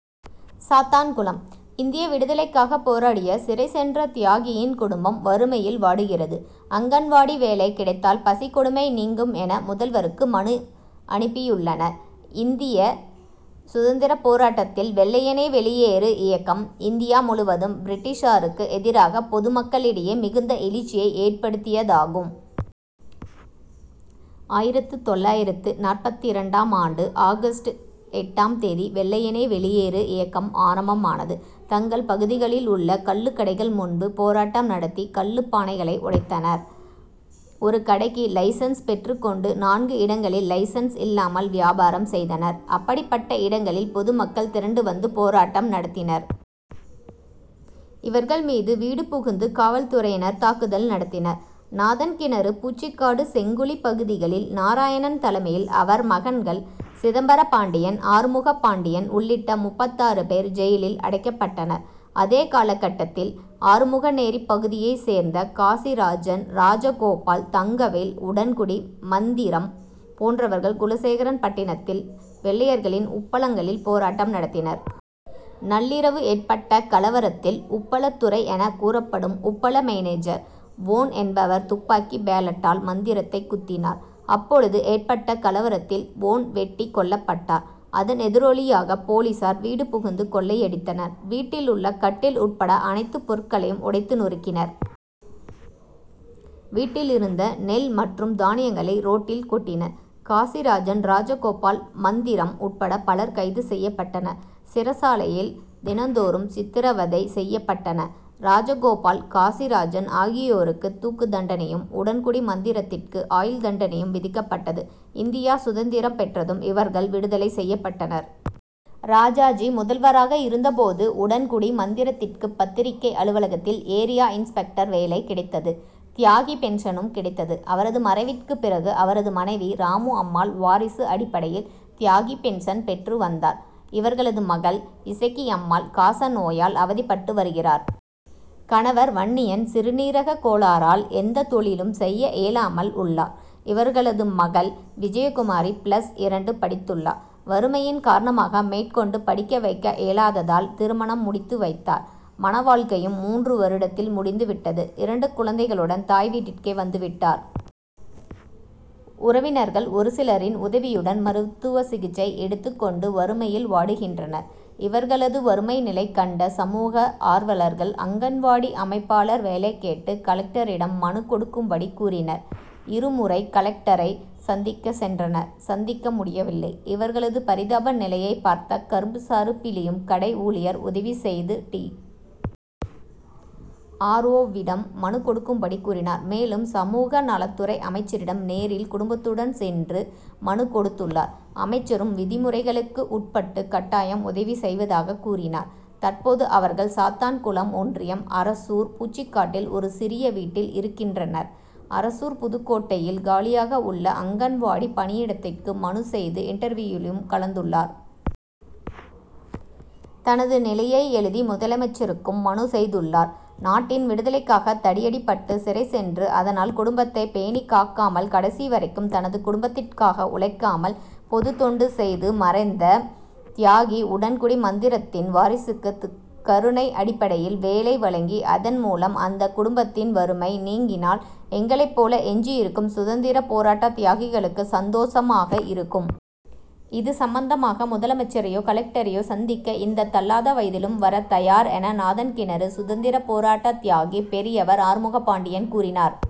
சாத்தான்குளம் இந்திய விடுதலைக்காக போராடிய சிறை சென்ற தியாகியின் குடும்பம் வறுமையில் வாடுகிறது. அங்கன்வாடி வேலை கிடைத்தால் பசிக் கொடுமை நீங்கும் என முதல்வருக்கு மனு அனுப்பியுள்ளனர். இந்திய சுதந்திரப் போராட்டத்தில் வெள்ளையனே வெளியேறு இயக்கம் இந்தியா முழுவதும் பிரிட்டிஷாருக்கு எதிராக பொதுமக்களிடையே மிகுந்த எழுச்சியை ஏற்படுத்தியதாகும். ஆயிரத்து தொள்ளாயிரத்து நாற்பத்திரண்டாம் ஆண்டு ஆகஸ்டு எட்டாம் தேதி வெள்ளையனே வெளியேறு இயக்கம் ஆரம்பமானது. தங்கள் பகுதிகளில் உள்ள கள்ளுக்கடைகள் முன்பு போராட்டம் நடத்தி கள்ளுப் பானைகளை உடைத்தனர். ஒரு கடைக்கு லைசன்ஸ் பெற்றுக் கொண்டு நான்கு இடங்களில் லைசன்ஸ் இல்லாமல் வியாபாரம் செய்தனர். அப்படிப்பட்ட இடங்களில் பொதுமக்கள் திரண்டு வந்து போராட்டம் நடத்தினர். இவர்கள் மீது வீடு புகுந்து காவல்துறையினர் தாக்குதல் நடத்தினர். நாதன்கிணறு பூச்சிக்காடு செங்குழி பகுதிகளில் நாராயணன் தலைமையில் அவர் மகன்கள் சிதம்பர பாண்டியன் ஆறுமுகப் பாண்டியன் உள்ளிட்ட முப்பத்தாறு பேர் ஜெயிலில் அடைக்கப்பட்டனர். அதே காலகட்டத்தில் ஆறுமுகநேரி பகுதியைச் சேர்ந்த காசிராஜன் ராஜகோபால் தங்கவேல் உடன்குடி மந்திரம் போன்றவர்கள் குலசேகரன்பட்டிணத்தில் வெள்ளையர்களின் உப்பளங்களில் போராட்டம் நடத்தினர். நள்ளிரவு ஏற்பட்ட கலவரத்தில் உப்பளத் துரை என கூறப்படும் உப்பள மேனேஜர் வோன் என்பவர் துப்பாக்கி பேளட்டால் மந்திரத்தை குத்தினார். அப்பொழுது ஏற்பட்ட கலவரத்தில் வோன் வெட்டிக் கொல்லப்பட்டார். அதன் எதிரொலியாக போலீசார் வீடு புகுந்து கொள்ளையடித்தனர். வீட்டில் உள்ள கட்டில் உட்பட அனைத்து பொருட்களையும் உடைத்து நொறுக்கினர். வீட்டில் இருந்த நெல் மற்றும் தானியங்களை ரோட்டில் கொட்டினர். காசிராஜன் ராஜகோபால் மந்திரம் உட்பட பலர் கைது செய்யப்பட்டனர். சிறைச்சாலையில் தினந்தோறும் சித்திரவதை செய்யப்பட்டனர். ராஜகோபால் காசிராஜன் ஆகியோருக்கு தூக்குதண்டனையும் உடன்குடி மந்திரத்திற்கு ஆயுள் தண்டனையும் விதிக்கப்பட்டது. இந்தியா சுதந்திரம் பெற்றதும் இவர்கள் விடுதலை செய்யப்பட்டனர். ராஜாஜி முதல்வராக இருந்த போது உடன்குடி மந்திரத்திற்கு பத்திரிக்கை அலுவலகத்தில் ஏரியா இன்ஸ்பெக்டர் வேலை கிடைத்தது. தியாகி பென்ஷனும் கிடைத்தது. அவரது மறைவிற்குப் பிறகு அவரது மனைவி ராமு அம்மாள் வாரிசு அடிப்படையில் தியாகி பென்ஷன் பெற்று வந்தார். இவர்களது மகள் இசக்கிஅம்மாள் காசநோயால் அவதிப்பட்டு வருகிறார். கணவர் வன்னியன் சிறுநீரகக் கோளாறால் எந்த தொழிலும் செய்ய இயலாமல் உள்ளார். இவர்களது மகள் விஜயகுமாரி பிளஸ் இரண்டு படித்துள்ளார். வறுமையின் காரணமாக மேற்கொண்டு படிக்க வைக்க இயலாததால் திருமணம் முடித்து வைத்தார். மணவாழ்க்கையும் மூன்று வருடத்தில் முடிந்து விட்டது. இரண்டு குழந்தைகளுடன் தாய் வீட்டிற்கே வந்து விட்டார். உறவினர்கள் ஒருசிலரின் உதவியுடன் மருத்துவசிகிச்சை எடுத்துக் கொண்டு வறுமையில் வாடுகின்றனர். இவர்களது வறுமை நிலை கண்ட சமூக ஆர்வலர்கள் அங்கன்வாடி அமைப்பாளர் வேலை கேட்டு கலெக்டரிடம் மனு கொடுக்கும்படி கூறினர். இருமுறை கலெக்டரைச் சந்திக்கச் சென்றனர். சந்திக்க முடியவில்லை. இவர்களது பரிதாப நிலையைப் பார்த்த கரும்புச்சாறு பிழியும் கடை ஊழியர் உதவி செய்து டி. ஆர். ஓ.விடம் மனு கொடுக்கும்படி கூறினார். மேலும் சமூக நலத்துறை அமைச்சரிடம் நேரில் குடும்பத்துடன் சென்று மனு கொடுத்துள்ளார். அமைச்சரும் விதிமுறைகளுக்கு உட்பட்டு கட்டாயம் உதவிசெய்வதாகக் கூறினார். தற்போது அவர்கள் சாத்தான்குளம் ஒன்றியம் அரசூர் பூச்சிக்காட்டில் ஒரு சிறிய வீட்டில் இருக்கின்றனர். அரசூர் புதுக்கோட்டையில் காலியாக உள்ள அங்கன்வாடி பணியிடத்திற்கு மனு செய்து இண்டர்வியூவிலும் கலந்துள்ளார். தனது நிலையை எழுதி முதலமைச்சருக்கும் மனு செய்துள்ளார். நாட்டின் விடுதலைக்காக தடியடிபட்டு சிறை சென்று அதனால் குடும்பத்தைப் பேணி காக்காமல் கடைசிவரைக்கும் தனது குடும்பத்திற்காக உழைக்காமல் பொதுத் தொண்டு செய்து மறைந்த தியாகி உடன்குடி மந்திரத்தின் வாரிசுக்கு கருணை அடிப்படையில் வேலை வழங்கி அதன் மூலம் அந்த குடும்பத்தின் வறுமை நீங்கினால் எங்களைப் போல எஞ்சியிருக்கும் சுதந்திரப் போராட்ட தியாகிகளுக்கு சந்தோசமாக இருக்கும். இது சம்பந்தமாக முதலமைச்சரையோ கலெக்டரையோ சந்திக்க இந்த தள்ளாதவயதிலும் வரத் தயார் என நாதன்கிணறு சுதந்திரப் போராட்டத் தியாகி பெரியவர் ஆறுமுகப்பாண்டியன் கூறினார்.